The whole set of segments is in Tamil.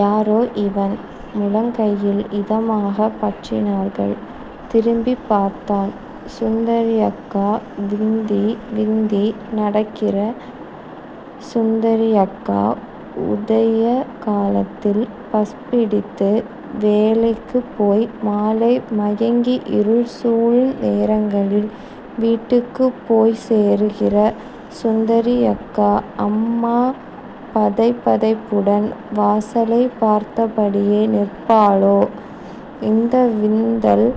யாரோ இவன் முழங்கையில் இதமாகப் பற்றினார்கள். திரும்பிப்பார்த்தான். சுந்தரியக்கா விந்தி விந்தி நடக்கிற சுந்தரியக்கா உதயகாலத்தில் பஸ்பிடித்து வேலைக்குப் போய் மாலை மயங்கி இருள்சூளும் நேரங்களில் வீட்டுக்குப் போய்ச்சேர்கிற சுந்தரியக்கா அம்மா பதைபதைப்புடன் வாசலைப் பார்த்தபடியே நிற்பாளோ இந்த விந்தல்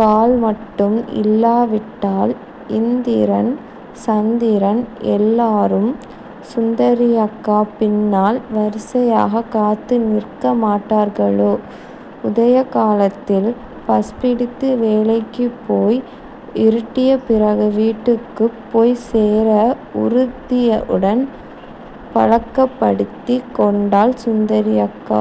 கால் மட்டும் இல்லாவிட்டால் இந்திரன் சந்திரன் எல்லாரும் சுந்தரியக்கா பின்னால் வரிசையாக காத்து நிற்க மாட்டார்களோ உதயகாலத்தில் பஸ்பிடித்து வேலைக்குப்போய் இருட்டியபிறகு வீட்டுக்குப் போய்ச்சேர உறுதியுடன் பழக்கப்படுத்திக் கொண்டாள் சுந்தரியக்கா.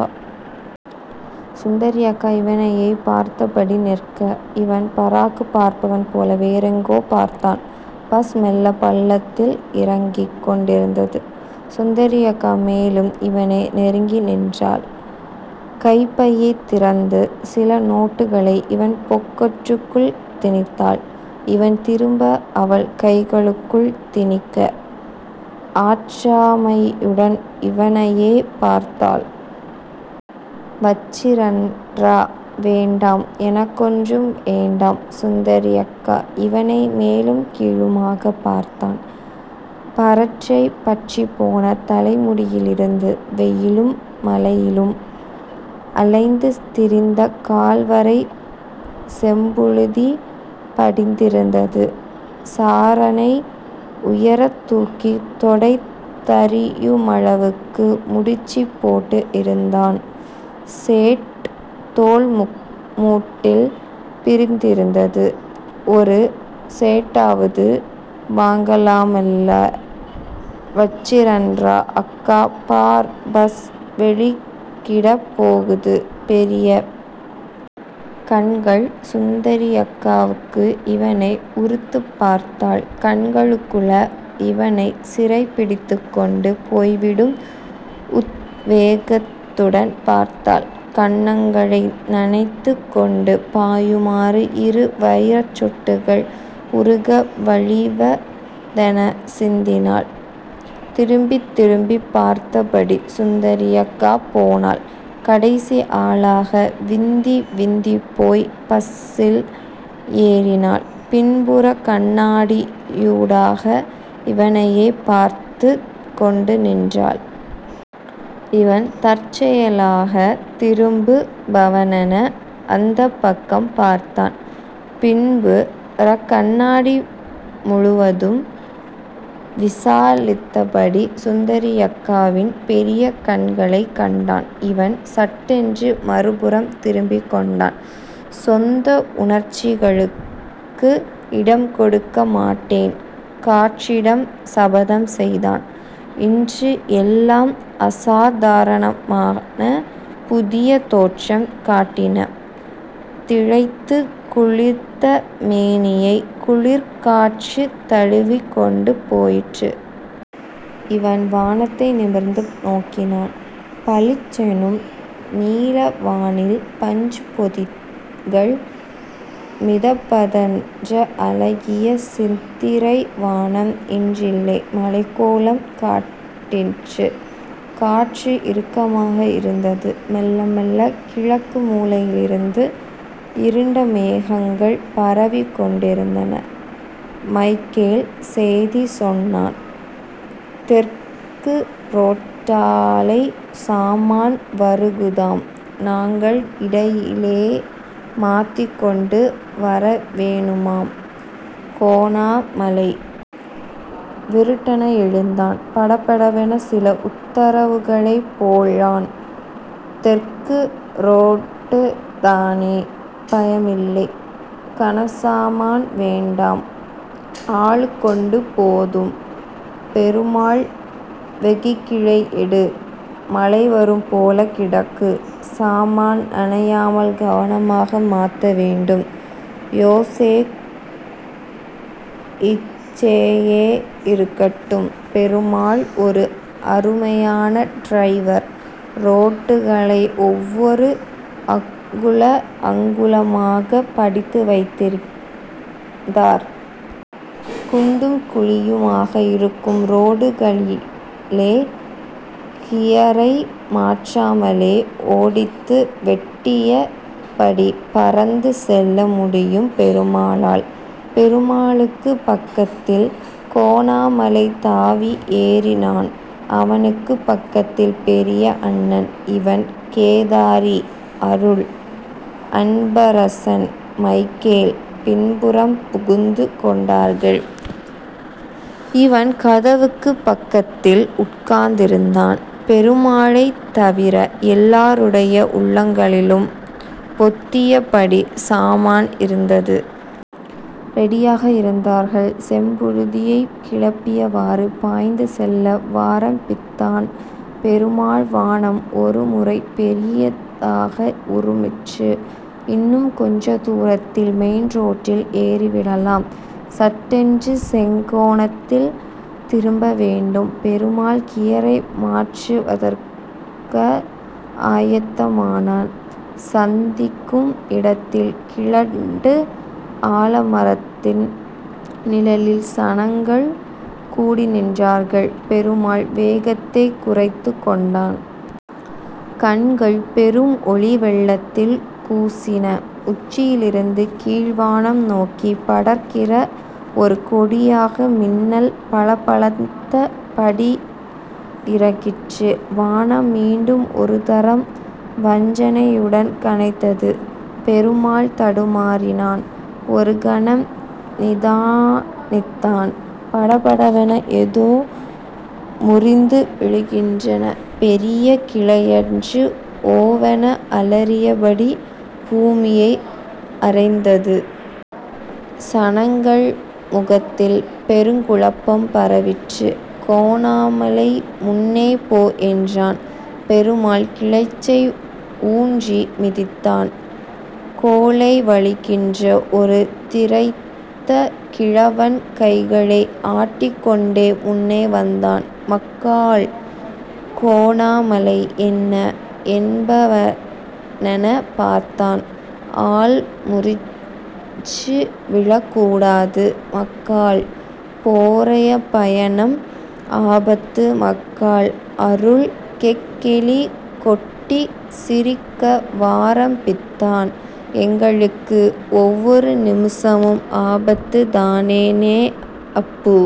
சுந்தரியக்கா இவனையே பார்த்தபடி நிற்க. இவன் பராக்குப் பார்ப்பவன் போல வேறெங்கோ பார்த்தான். பஸ் மெல்ல பள்ளத்தில் இறங்கிக் கொண்டிருந்தது. சுந்தரியக்கா மேலும் இவனை நெருங்கி நின்றாள். கைப்பையைத் திறந்து சில நோட்டுகளை இவன் பொக்கெற்றுக்குள் திணித்தாள். இவன் திரும்ப அவள் கைகளுக்குள் திணிக்க... ஆற்றாமையுடன் இவனையே பார்த்தாள். வச்சிரன்ரா...வேண்டாம்... எனக்கொண்டும் வேண்டாம். சுந்தரியக்கா இவனை மேலும் கீழுமாக பார்த்தான். பறட்டை பற்றிப்போன தலைமுடியிலிருந்து வெயிலும் மழையிலும் அலைந்து திரிந்த கால்வரை செம்புழுதி படிந்திருந்தது. சாறனை உயரத்தூக்கி தொடை தரியுமளவுக்கு முடிச்சுப்போட்டு இருந்தான். சேட் தோள்மூட்டில் பிரிந்திருந்தது ஒரு சேட்டாவது வாங்கலாமெல்லே... வச்சிரன்ரா...அக்கா.... பார்... பஸ் வெளிக்கிடப் போகுது..பெரிய கண்கள் சுந்தரியக்காவுக்கு. இவனை உறுத்துப்பார்த்தாள். கண்களுக்குள இவனைச் சிறைப்பிடித்துக் கொண்டு போய்விடும் உத்வேகத்துடன் பார்த்தாள். கன்னங்களை நனைத்துக் கொண்டு பாயுமாறு இரு வைரச்சொட்டுகள் உருக வழிவதென சிந்தினாள். திரும்பித் திரும்பிப் பார்த்தபடி சுந்தரியக்கா போனாள். கடைசி ஆளாக விந்தி விந்திப் போய் பஸ்ஸில் ஏறினாள். பின்புறக் கண்ணாடியூடாக இவனையே பார்த்துக் கொண்டு நின்றாள். இவன் தற்செயலாக திரும்புபவனென அந்தப்பக்கம் பார்த்தான். பின்புறக்கண்ணாடி முழுவதும் விசாலித்தபடி சுந்தரியக்காவின் பெரிய. கண்களைக் கண்டான். இவன் சட்டென்று மறுபுறம் திரும்பிக்கொண்டான். சொந்த உணர்ச்சிகளுக்கு இடம் கொடுக்க மாட்டேன் காற்றிடம் சபதம் செய்தான். இன்று எல்லாம் அசாதாரணமான புதியதோற்றம் காட்டின. திளைத்துக் குளித்த மேனியை குளிர்காற்று தழுவிக்கொண்டு போயிற்று. இவன் வானத்தை நிமிர்ந்து நோக்கினான். பளிச் செனும் நீலவானில் பஞ்சுப் பொதிகள் மிதப்பதன்ற அழகிய சித்திரைவானம் இன்றில்லை. மழைக்கோலம் காட்டிற்று. காற்று இறுக்கமாக இருந்தது. மெல்லமெல்ல கிழக்கு மூலையிலிருந்து இருண்டமேகங்கள் பரவிக் கொண்டிருந்தன. மைக்கேல் சேதி சொன்னான் தெற்கு றோட்டாலை சாமான் வருகுதாம்... நாங்கள் இடையிலே மாத்திக் கொண்டு வரவேணுமாம்...கோணாமலை விருட்டென எழுந்தான். படபடவென சில உத்தரவுகளைப் போள்ளான். தெற்கு றோட்டுத்தானே. பயமில்லை..... கனசாமான் வேண்டாம். ஆளுக்கொண்டு போதும். பெருமாள் வெகிக்கிளை எடு.... மழைவரும்போல கிடக்கு... சாமான் நனையாமல் கவனமாக மாத்தவேண்டும். யோசேப் இச்சேயே இருக்கட்டும் பெருமாள் ஒரு அருமையான ட்ரைவர் ரோட்டுகளை ஒவ்வொரு அங்குல அங்குலமாகப் படித்து வைத்திருந்தான். குண்டும் குழியுமாக இருக்கும் ரோட்டுகளிலே கியரை மாற்றாமலே ஒடித்து வெட்டியபடி பறந்து செல்ல முடியும் பெருமாளால். பெருமாளுக்குப் பக்கத்தில் கோணாமலை தாவி ஏறினான். அவனுக்குப் பக்கத்தில் பெரியண்ணன். இவன்.... கேதாரி... அருள்.... அன்பரசன்..... மைக்கேல்.... பின்புறம் புகுந்து கொண்டார்கள். இவன் கதவுக்குப் பக்கத்தில் உட்கார்ந்திருந்தான். பெருமாளைத் தவிர எல்லாருடைய உள்ளங்களிலும் பொத்தியபடி சாமான் இருந்தது. ரெடியாக இருந்தார்கள். செம்புழுதியைக் கிளப்பியவாறு பாய்ந்து செல்ல வாரம்பித்தான் பெருமாள் வானம் ஒருமுறை பெரியதாக உறுமிற்று. இன்னும் கொஞ்ச தூரத்தில் மெயின்ரோட்டில் ஏறிவிடலாம். சட்டென்று செங்கோணத்தில் திரும்பவேண்டும். பெருமாள் கியரை மாற்றுவதற்க ஆயத்தமானான். சந்திக்கும் இடத்தில் கிழட்டு ஆலமரத்தின் நிழலில் சனங்கள் கூடிநின்றார்கள். பெருமாள் வேகத்தைக் குறைத்துக் கொண்டான். கண்கள் பெரும் ஒளிவெள்ளத்தில் கூசின. உச்சியிலிருந்து கீழ்வானம் நோக்கி படர்கிற ஒரு கொடியாக மின்னல் பளபளத்த படி இறங்கிற்று. வானம் மீண்டும் ஒருதரம் வஞ்சனையுடன் கனைத்தது. பெருமாள் தடுமாறினான். ஒரு கணம் நிதானித்தான். படபடவென ஏதோ முறிந்து விழுகின்ற பெரிய கிளையன்று ஓவென அலறியபடி பூமியை அறைந்தது. சனங்கள் முகத்தில் பெருங்குழப்பம் பரவிற்று. கோணாமலை முன்னேபோ என்றான். பெருமாள் கிளச்சை ஊன்றி மிதித்தான். கோழை வழிகின்ற ஒரு திரைத்த கிழவன் கைகளை ஆட்டிக்கொண்டே முன்னே வந்தான். மக்காள்... கோணாமலை என்ன என்பவனெனப் பார்த்தான். ஆல் முறிஞ்சு விழக்கூடாது மக்காள்..போறபயணம் ஆபத்து மக்காள். அருள் கெக்கெலி கொட்டிச் சிரிக்கவாரம்பித்தான். எங்களுக்கு ஒவ்வொரு நிமிசமும் ஆபத்துத் தானேணே அப்பு